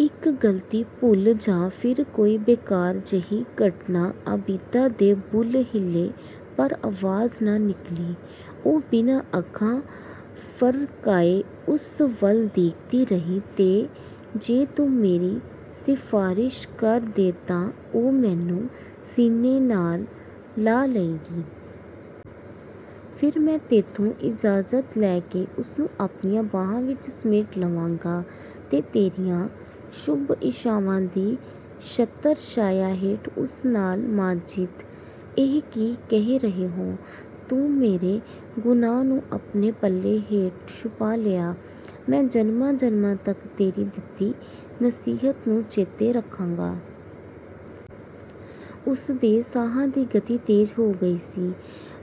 "ਇੱਕ ਗਲਤੀ, ਭੁੱਲ ਜਾਂ ਫਿਰ ਕੋਈ ਬੇਕਾਰ ਜਿਹੀ ਘਟਨਾ" ਆਬਿਦਾ ਦੇ ਬੁੱਲ੍ਹ ਹਿਲੇ ਪਰ ਆਵਾਜ਼ ਨਾ ਨਿਕਲੀ। ਉਹ ਬਿਨਾਂ ਅੱਖਾਂ ਫਰਕਾਏ ਉਸ ਵੱਲ ਦੇਖਦੀ ਰਹੀ। "ਤੇ ਜੇ ਤੂੰ ਮੇਰੀ ਸਿਫ਼ਾਰਸ਼ ਕਰ ਦੇਂ ਤਾਂ ਉਹ ਮੈਨੂੰ ਸੀਨੇ ਨਾਲ ਲਾ ਲਏਗੀ। ਫਿਰ ਮੈਂ ਤੈਥੋਂ ਇਜਾਜ਼ਤ ਲੈ ਕੇ ਉਸਨੂੰ ਆਪਣੀਆਂ ਬਾਹਾਂ ਵਿੱਚ ਸਮੇਟ ਲਵਾਂਗਾ ਤੇ ਤੇਰੀਆਂ ਸ਼ੁਭ-ਇੱਛਾਵਾਂ ਦੀ ਛਤਰ-ਛਾਇਆ ਹੇਠ ਉਸ ਨਾਲ" "ਮਾਜਿਦ, ਇਹ ਕੀ ਕਹਿ ਰਹੇ ਹੋ!" "ਤੂੰ ਮੇਰੇ ਗੁਨਾਹ ਨੂੰ ਆਪਣੇ ਪੱਲੇ ਹੇਠ ਛੁਪਾ ਲਿਆ, ਮੈਂ ਜਨਮਾਂ-ਜਨਮਾਂ ਤੱਕ ਤੇਰੀ ਦਿੱਤੀ ਨਸੀਹਤ ਨੂੰ ਚੇਤੇ ਰੱਖਾਂਗਾ।" ਉਸਦੇ ਸਾਹਾਂ ਦੀ ਗਤੀ ਤੇਜ਼ ਹੋ ਗਈ ਸੀ।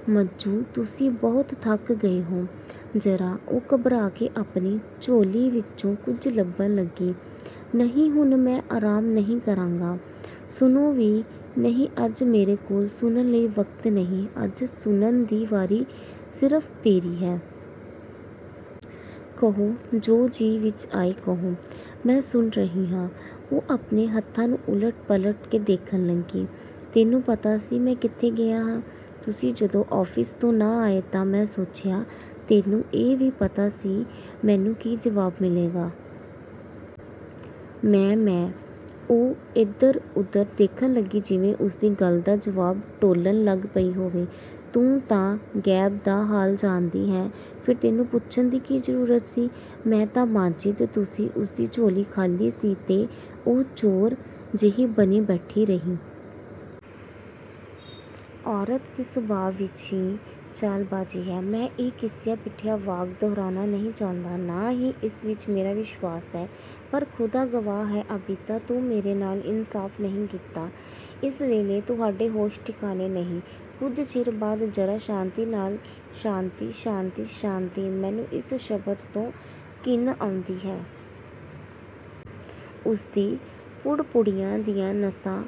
"ਮੱਜੂ-- ਤੁਸੀਂ ਬਹੁਤ ਥੱਕ ਗਏ ਹੋ। ਜ਼ਰਾ--" ਉਹ ਘਬਰਾ ਕੇ ਆਪਣੀ ਝੋਲੀ ਵਿੱਚੋਂ ਕੁਝ ਲੱਭਣ ਲੱਗੀ। "ਨਹੀਂ ਹੁਣ ਮੈਂ ਆਰਾਮ ਨਹੀਂ ਕਰਾਂਗਾ।" "ਸੁਣੋ ਵੀ--" "ਨਹੀਂ ਅੱਜ ਮੇਰੇ ਕੋਲ ਸੁਣਨ ਲਈ ਵਕਤ ਨਹੀਂ ਅੱਜ ਸੁਣਨ ਦੀ ਵਾਰੀ ਸਿਰਫ਼ ਤੇਰੀ ਹੈ।" "ਕਹੋ, ਜੋ ਜੀਅ ਵਿੱਚ ਆਏ ਕਹੋ, ਮੈਂ ਸੁਣ ਰਹੀ ਹਾਂ।" ਉਹ ਆਪਣੇ ਹੱਥਾਂ ਨੂੰ ਉਲਟ-ਪਲਟ ਕੇ ਦੇਖਣ ਲੱਗੀ। "ਤੈਨੂੰ ਪਤਾ ਸੀ, ਮੈਂ ਕਿੱਥੇ ਗਿਆ ਹਾਂ?" "ਤੁਸੀਂ ਜਦੋਂ ਆਫ਼ਿਸ ਤੋਂ ਨਾ ਆਏ ਤਾਂ ਮੈਂ ਸੋਚਿਆ" "ਤੈਨੂੰ ਇਹ ਵੀ ਪਤਾ ਸੀ, ਮੈਨੂੰ ਕੀ ਜਵਾਬ ਮਿਲੇਗਾ?" "ਮੈਂ-ਮੈਂ--" ਉਹ ਇਧਰ-ਉਧਰ ਦੇਖਣ ਲੱਗੀ ਜਿਵੇਂ ਉਸਦੀ ਗੱਲ ਦਾ ਜਵਾਬ ਟੋਲਣ ਲੱਗ ਪਈ ਹੋਵੇ। "ਤੂੰ ਤਾਂ ਗੈਬ ਦਾ ਹਾਲ ਜਾਣਦੀ ਹੈਂ। ਫਿਰ ਤੈਨੂੰ ਪੁੱਛਣ ਦੀ ਕੀ ਜ਼ਰੂਰਤ ਸੀ?" "ਮੈਂ-ਤਾਂ-ਮਾਜਿਦ, ਤੁਸੀਂ--" ਉਸਦੀ ਝੋਲੀ ਖ਼ਾਲੀ ਸੀ ਤੇ ਉਹ ਚੋਰ ਜਿਹੀ ਬਣੀ ਬੈਠੀ ਰਹੀ। ਔਰਤ ਦੇ ਸੁਭਾਅ ਵਿੱਚ ਹੀ ਚਾਲਬਾਜ਼ੀ ਹੈ। ਮੈਂ ਇਹ ਘਿਸਿਆ-ਪਿਟਿਆ ਵਾਕ ਦੁਹਰਾਉਣਾ ਨਹੀਂ ਚਾਹੁੰਦਾ, ਨਾ ਹੀ ਇਸ ਵਿੱਚ ਮੇਰਾ ਵਿਸ਼ਵਾਸ ਹੈ। ਪਰ ਖ਼ੁਦਾ ਗਵਾਹ ਹੈ ਆਬਿਦਾ, ਤੂੰ ਮੇਰੇ ਨਾਲ ਇਨਸਾਫ਼ ਨਹੀਂ ਕੀਤਾ।" "ਇਸ ਵੇਲੇ ਤੁਹਾਡੇ ਹੋਸ਼ ਠਿਕਾਣੇ ਨਹੀਂ, ਕੁਝ ਚਿਰ ਬਾਅਦ ਜ਼ਰਾ ਸ਼ਾਂਤੀ ਨਾਲ" "ਸ਼ਾਂਤੀ, ਸ਼ਾਂਤੀ, ਸ਼ਾਂਤੀ, ਮੈਨੂੰ ਇਸ ਸ਼ਬਦ ਤੋਂ ਘਿਣ ਆਉਂਦੀ ਹੈ।" ਉਸਦੀਆਂ ਪੁੜਪੁੜੀਆਂ ਦੀਆਂ ਨਸਾਂ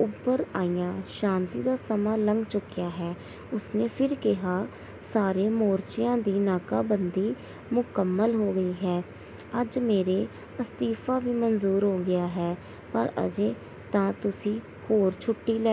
ਉਭਰ ਆਈਆਂ, "ਸ਼ਾਂਤੀ ਦਾ ਸਮਾਂ ਲੰਘ ਚੁੱਕਿਆ ਹੈ।" ਉਸ ਨੇ ਫਿਰ ਕਿਹਾ, "ਸਾਰੇ ਮੋਰਚਿਆਂ ਦੀ ਨਾਕਾਬੰਦੀ ਮੁਕੰਮਲ ਹੋ ਗਈ ਹੈ। ਅੱਜ ਮੇਰੇ ਅਸਤੀਫ਼ਾ ਵੀ ਮੰਜ਼ੂਰ ਹੋ ਗਿਆ ਹੈ।" "ਪਰ ਅਜੇ ਤਾਂ ਤੁਸੀਂ ਹੋਰ ਛੁੱਟੀ ਲੈ